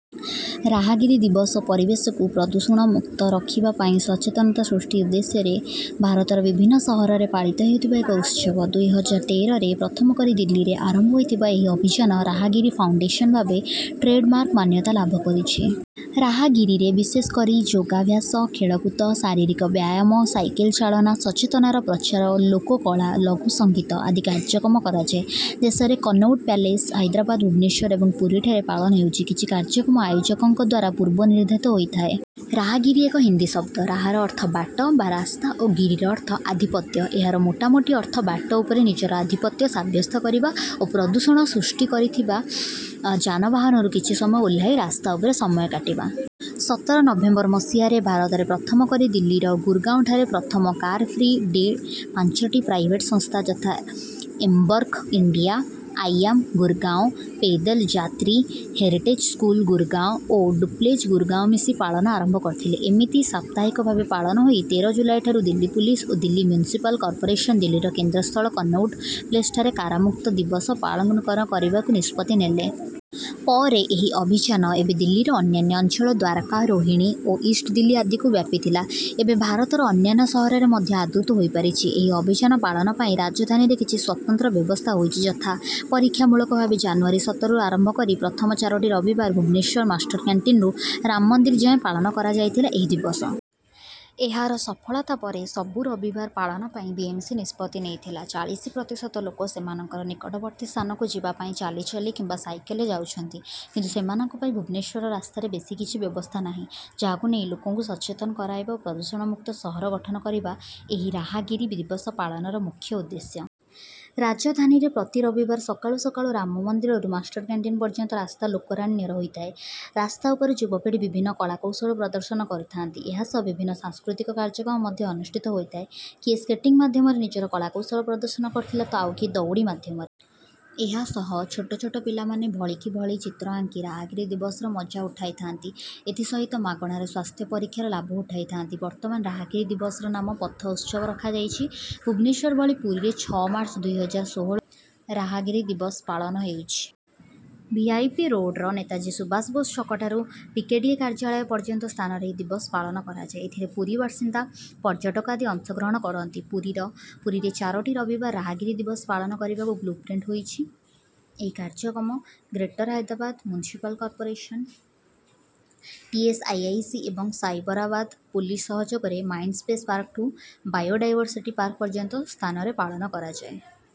ରାହାଗିରି ଦିବସ ପରିବେଶକୁ ପ୍ରଦୂଷଣମୁକ୍ତ ରଖିବା ପାଇଁ ସଚେତନତା ସୃଷ୍ଟି ଉଦ୍ଦେଶ୍ୟରେ ଭାରତର ବିଭିନ୍ନ ସହରରେ ପାଳିତ ହେଉଥିବା ଏକ ଉତ୍ସବ। ଦୁଇ ହଜାର ତେରରେ ପ୍ରଥମ କରି ଦିଲ୍ଲୀରେ ଆରମ୍ଭ ହୋଇଥିବା ଏହି ଅଭିଯାନ ରାହାଗିରି ଫାଉଣ୍ଡେସନ ଭାବେ ଟ୍ରେଡ଼ମାର୍କ ମାନ୍ୟତା ଲାଭ କରିଛି। ରାହାଗିରିରେ ବିଶେଷ କରି ଯୋଗାଭ୍ୟାସ, ଖେଳକୁଦ, ଶାରୀରିକ ବ୍ୟାୟାମ, ସାଇକେଲ ଚାଳନା, ସଚେତନତା ପ୍ରଚାର, ଲୋକକଳା, ଲଘୁ ସଙ୍ଗୀତ ଆଦି କାର୍ଯ୍ୟକ୍ରମ କରାଯାଏ। ଦେଶରେ କନଉଟ ପ୍ୟାଲେସ୍, ହାଇଦ୍ରାବାଦ, ଭୁବନେଶ୍ୱର ଏବଂ ପୁରୀଠାରେ ପାଳନ ହେଉଛି। କିଛି କାର୍ଯ୍ୟକ୍ରମ ଆୟୋଜକଙ୍କ ଦ୍ୱାରା ପୂର୍ବ ନିର୍ଦ୍ଧାରିତ ହୋଇଥାଏ। ରାହା-ଗିରି ଏକ ହିନ୍ଦୀ ଶବ୍ଦ; ରାହାର ଅର୍ଥ ବାଟ ବା ରାସ୍ତା ଓ ଗିରିର ଅର୍ଥ ଆଧିପତ୍ୟ। ଏହାର ମୋଟାମୋଟି ଅର୍ଥ ବାଟ ଉପରେ ନିଜର ଆଧିପତ୍ୟ ସାବ୍ୟସ୍ତ କରିବା ଓ ପ୍ରଦୂଷଣ ସୃଷ୍ଟି କରୁଥିବା ଯାନବାହନରୁ କିଛି ସମୟ ଓହ୍ଲାଇ ରାସ୍ତା ଉପରେ ସମୟ କାଟିବା। ସତର ନଭେମ୍ବର ମସିହାରେ ଭାରତରେ ପ୍ରଥମ କରି ଦିଲ୍ଲୀର ଗୁରଗାଁଓଠାରେ ପ୍ରଥମ କାର-ଫ୍ରି ଡେ ପାଞ୍ଚଟି ପ୍ରାଇଭେଟ୍ ସଂସ୍ଥା, ଯଥା: Embark India, I am Gurgaon, pedal Yatri, heritage school Gurgaon ଓ ଡୁପ୍ଲେଜ ଗୁରଗାଁଓ ମିଶି ପାଳନ ଆରମ୍ଭ କରିଥିଲେ। ଏମିତି ସାପ୍ତାହିକ ଭାବେ ପାଳନ ହୋଇ ତେର ଜୁଲାଇଠାରୁ ଦିଲ୍ଲୀ ପୁଲିସ ଓ ଦିଲ୍ଲୀ ମ୍ୟୁନିସିପାଲ କର୍ପୋରେସନ ଦିଲ୍ଲୀର କେନ୍ଦ୍ରସ୍ଥଳ କନଉଟ ପ୍ଲେସଠାରେ କାରମୁକ୍ତ ଦିବସ ପାଳନ କରିବାକୁ ନିଷ୍ପତ୍ତି ନେଲେ। ପରେ ଏହି ଅଭିଯାନ ଏବେ ଦିଲ୍ଲୀର ଅନ୍ୟାନ୍ୟ ଅଞ୍ଚଳ ଦ୍ୱାରକା, ରୋହିଣୀ ଓ ଇଷ୍ଟ ଦିଲ୍ଲୀ ଆଦିକୁ ବ୍ୟାପିଥିଲା। ଏବେ ଭାରତର ଅନ୍ୟାନ୍ୟ ସହରରେ ମଧ୍ୟ ଆଦୃତ ହୋଇପାରିଛି। ଏହି ଅଭିଯାନ ପାଳନ ପାଇଁ ରାଜଧାନୀରେ କିଛି ସ୍ୱତନ୍ତ୍ର ବ୍ୟବସ୍ଥା ହୋଇଛି; ଯଥା: ପରୀକ୍ଷାମୂଳକ ଭାବେ ଜାନୁଆରୀ ସତରରୁ ଆରମ୍ଭ କରି ପ୍ରଥମ ଚାରୋଟି ରବିବାର ଭୁବନେଶ୍ୱର ମାଷ୍ଟରକ୍ୟାଣ୍ଟିନରୁ ରାମ ମନ୍ଦିର ଯାଏଁ ପାଳନ କରାଯାଇଥିଲା ଏହି ଦିବସ। ଏହାର ସଫଳତା ପରେ ସବୁ ରବିବାର ପାଳନ ପାଇଁ ବିଏମସି ନିଷ୍ପତ୍ତି ନେଇଥିଲା। ଚାଳିଶି ପ୍ରତିଶତ ଲୋକ ସେମାନଙ୍କର ନିକଟବର୍ତ୍ତୀ ସ୍ଥାନକୁ ଯିବା ପାଇଁ ଚାଲିଚାଲି କିମ୍ବା ସାଇକେଲରେ ଯାଉଛନ୍ତି। କିନ୍ତୁ ସେମାନଙ୍କ ପାଇଁ ଭୁବନେଶ୍ୱର ରାସ୍ତାରେ ବେଶୀ କିଛି ବ୍ୟବସ୍ଥା ନାହିଁ। ଯାହାକୁ ନେଇ ଲୋକଙ୍କୁ ସଚେତନ କରାଇବା ଓ ପ୍ରଦୂଷଣମୁକ୍ତ ସହର ଗଠନ କରିବା ଏହି ରାହାଗିରି ଦିବସ ପାଳନର ମୁଖ୍ୟ ଉଦ୍ଦେଶ୍ୟ। ରାଜଧାନୀରେ ପ୍ରତି ରବିବାର ସକାଳୁ ସକାଳୁ ରାମମନ୍ଦିରରୁ ମାଷ୍ଟରକ୍ୟାଣ୍ଟିନ ପର୍ଯ୍ୟନ୍ତ ରାସ୍ତା ଲୋକାରଣ୍ୟ ହୋଇଥାଏ। ରାସ୍ତା ଉପରେ ଯୁବପିଢ଼ି ବିଭିନ୍ନ କଳାକୌଶଳ ପ୍ରଦର୍ଶନ କରିଥାନ୍ତି। ଏହାସହ ବିଭିନ୍ନ ସାଂସ୍କୃତିକ କାର୍ଯ୍ୟକ୍ରମ ମଧ୍ୟ ଅନୁଷ୍ଠିତ ହୋଇଥାଏ। କିଏ ସ୍କେଟିଂ ମାଧ୍ୟମରେ ନିଜ କଳାକୌଶଳ ପ୍ରଦର୍ଶନ କରିଥିଲା ତ ଆଉ କିଏ ଦଉଡ଼ି ମାଧ୍ୟମରେ। ଏହାସହ ଛୋଟ ଛୋଟ ପିଲାମାନେ ଭଳିକି ଭଳି ଚିତ୍ର ଆଙ୍କି ରାହାଗିରି ଦିବସର ମଜା ଉଠାଇଥାନ୍ତି। ଏଥି ସହିତ ମାଗଣାରେ ସ୍ୱାସ୍ଥ୍ୟ ପରୀକ୍ଷାର ଲାଭ ଉଠାଇଥାନ୍ତି। ବର୍ତ୍ତମାନ ରାହାଗିରି ଦିବସର ନାମ 'ପଥ ଉତ୍ସବ' ରଖାଯାଇଛି। ଭୁବନେଶ୍ୱର ଭଳି ପୁରୀରେ ଛଅ ମାର୍ଚ୍ଚ ଦୁଇ ହଜାର ଷୋହଳରୁ ରାହାଗିରି ଦିବସ ପାଳନ ହେଉଛି। ଭିଆଇପି ରୋଡ଼ର ନେତାଜୀ ସୁବାଷ ବୋଷ ଛକଠାରୁ ପିକେଡିଏ କାର୍ଯ୍ୟାଳୟ ପର୍ଯ୍ୟନ୍ତ ସ୍ଥାନରେ ଏହି ଦିବସ ପାଳନ କରାଯାଏ। ଏଥିରେ ପୁରୀ ବାସିନ୍ଦା, ପର୍ଯ୍ୟଟକ ଆଦି ଅଂଶଗ୍ରହଣ କରନ୍ତି। ପୁରୀରେ ଚାରୋଟି ରବିବାର ରାହାଗିରି ଦିବସ ପାଳନ କରିବାକୁ ବ୍ଲୁପ୍ରିଣ୍ଟ ହୋଇଛି। ଏହି କାର୍ଯ୍ୟକ୍ରମ greater Hyderabad municipal corporation, TSIIC ଏବଂ ସାଇବରାବାଦ ପୁଲିସ ସହଯୋଗରେ ମାଇଣ୍ଡସ୍ପେଶ ପାର୍କଠୁ ବାୟୋଡାଇଭରସିଟି ପାର୍କ ପର୍ଯ୍ୟନ୍ତ ସ୍ଥାନରେ ପାଳନ କରାଯାଏ।